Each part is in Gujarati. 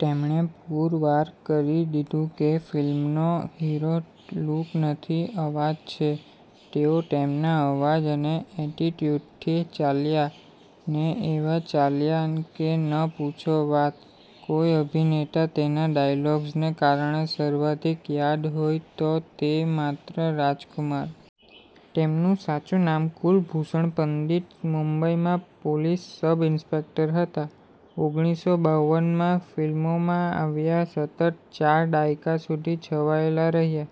તેમણે પુરવાર કરી દીધું કે ફિલ્મનો હીરો લૂક નથી, અવાજ છે. તેઓ તેમના અવાજ અને એટીટ્યુડથી ચાલ્યા. ને એવા ચાલ્યા કે ન પૂછો વાત. કોઈ અભિનેતા તેના ડાયલોગ્સને કારણે સર્વાધિક યાદ હોય તો તે માત્ર રાજકુમાર. તેમનું સાચું નામ કુલભૂષણ પંડિત. મુંબઈમાં પોલીસ સબ ઇન્સ્પેક્ટર હતા. ઓગણીસો બાવનમાં ફિલ્મોમાં આવ્યા. સતત ચાર દાયકા સુધી છવાયેલા રહ્યા.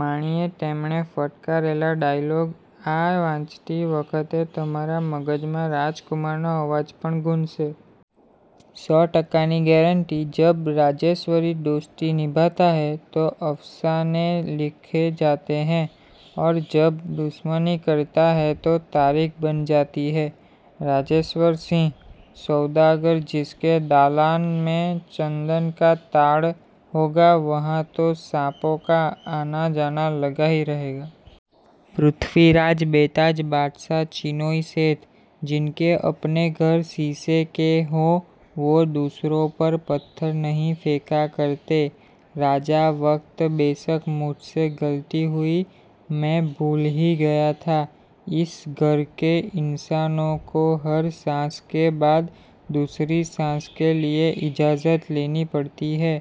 માણીએ તેમણે ફટકારેલા ડાયોલોગ આ વાંચતી વખતે તમારા મગજમાં રાજકુમારનો અવાજ પણ ગૂંજશે. સો ટકાની ગેરેન્ટી, જબ રાજેશ્વરી દોસ્તી નિભાતા હૈ તો અફસાને લિખે જાતે હૈ ઔર જબ દુશ્મની કરતા હૈ તો તારીખ બન જાતી હૈ. રાજેશ્વર સિંહ, સૌદાગર જિસકે દાલાન મેં ચંદન કા તાડ હોગા વહાં તો સાંપો કા આના-જાના લગા હી રહેગા. પૃથ્વીરાજ, બેતાજ બાદશાહ ચિનૉય સેઠ, જિનકે અપને ઘર શીશે કે હોં, વો દૂસરો પર પથ્થર નહીં ફેંકા કરતે. રાજા, વક્ત બેશક મુઝસે ગલતી હુઈ, મેં ભૂલ હી ગયા થા, ઇસ ઘર કે ઇન્સાનો કો હર સાંસ કે બાદ દૂસરી સાંસ કે લિયે ઇજાઝત લેની પડતી હૈ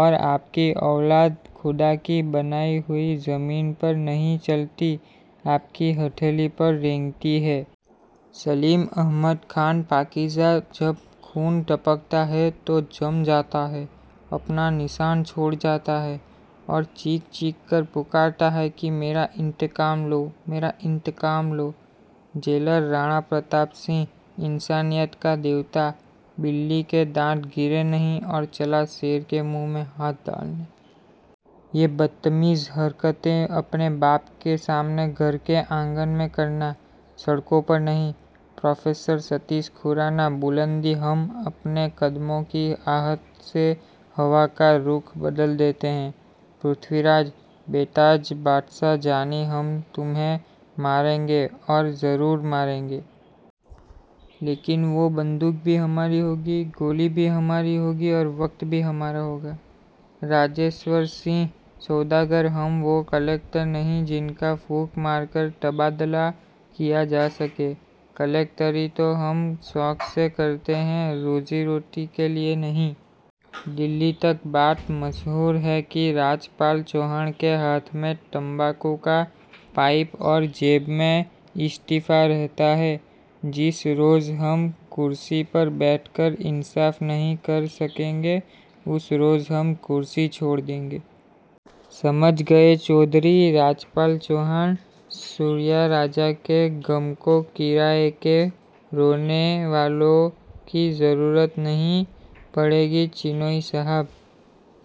ઔર આપકી ઔલાદ ખુદા કી બનાઈ હુઈ ઝમીન પર નહીં ચલતી, આપકી હથેલી પર રેંગતી હૈ. સલીમ અહમદ ખાન, પાકીઝા જબ ખૂન ટપકતા હૈ તો જમ જાતા હૈ, અપના નિશાન છોડ જાતા હૈ ઔર ચીખ-ચીખકર પુકારતા હૈ કિ મેરા ઇંતકામ લો, મેરા ઇંતકામ લો. જેલર રાણા પ્રતાપ સિંહ, ઇંસાનિયત કા દેવતા બિલ્લી કે દાંત ગિરે નહીં ઔર ચલા શેર કે મુંહ મેં હાથ ડાલને. યે બદ્તમીઝ હરકતેં અપને બાપ કે સામને ઘર કે આંગન મેં કરના, સડકો પર નહીં. પ્રોફેસર સતીશ ખુરાના, બુલંદી હમ અપને કદમો કી આહટ સે હવા કા રુખ બદલ દેતે હૈ. પૃથ્વીરાજ, બેતાજ બાદશાહ જાની હમ તુમ્હે મારેંગે, ઔર ઝરુર મારેંગે. લેકિન વો બંદૂક ભી હમારી હોગી, ગોલી ભી હમારી હોગી ઔર વક્ત ભી હમારા હોગા. રાજેશ્વર સિંહ, સૌદાગર હમ વો કલેક્ટર નહીં જિનકા ફૂંક મારકર તબાદલા કિયા જા સકે. કલેક્ટરી તો હમ શૌક સે કરતે હૈ, રોઝી-રોટી કે લિયે નહીં. દિલ્હી તક બાત મશહૂર હૈ કિ રાજપાલ ચૌહાન કે હાથ મેં તંબાકૂ કા પાઇપ ઔર જેબ મેં ઇસ્તીફા રહતા હૈ. જિસ રોઝ હમ કુર્સી પર બૈઠ કર ઇન્સાફ નહીં કર સકેંગે ઉસ રોઝ હમ કુર્સી છોડ દેંગે. સમજ ગયે ચૌધરી! રાજપાલ ચૌહાન, સૂર્યા રાજા કે ગમ કો કિરાએ કે રોને વાલો કી ઝરુરત નહીં પડેગી ચિનૉઇ સાહબ.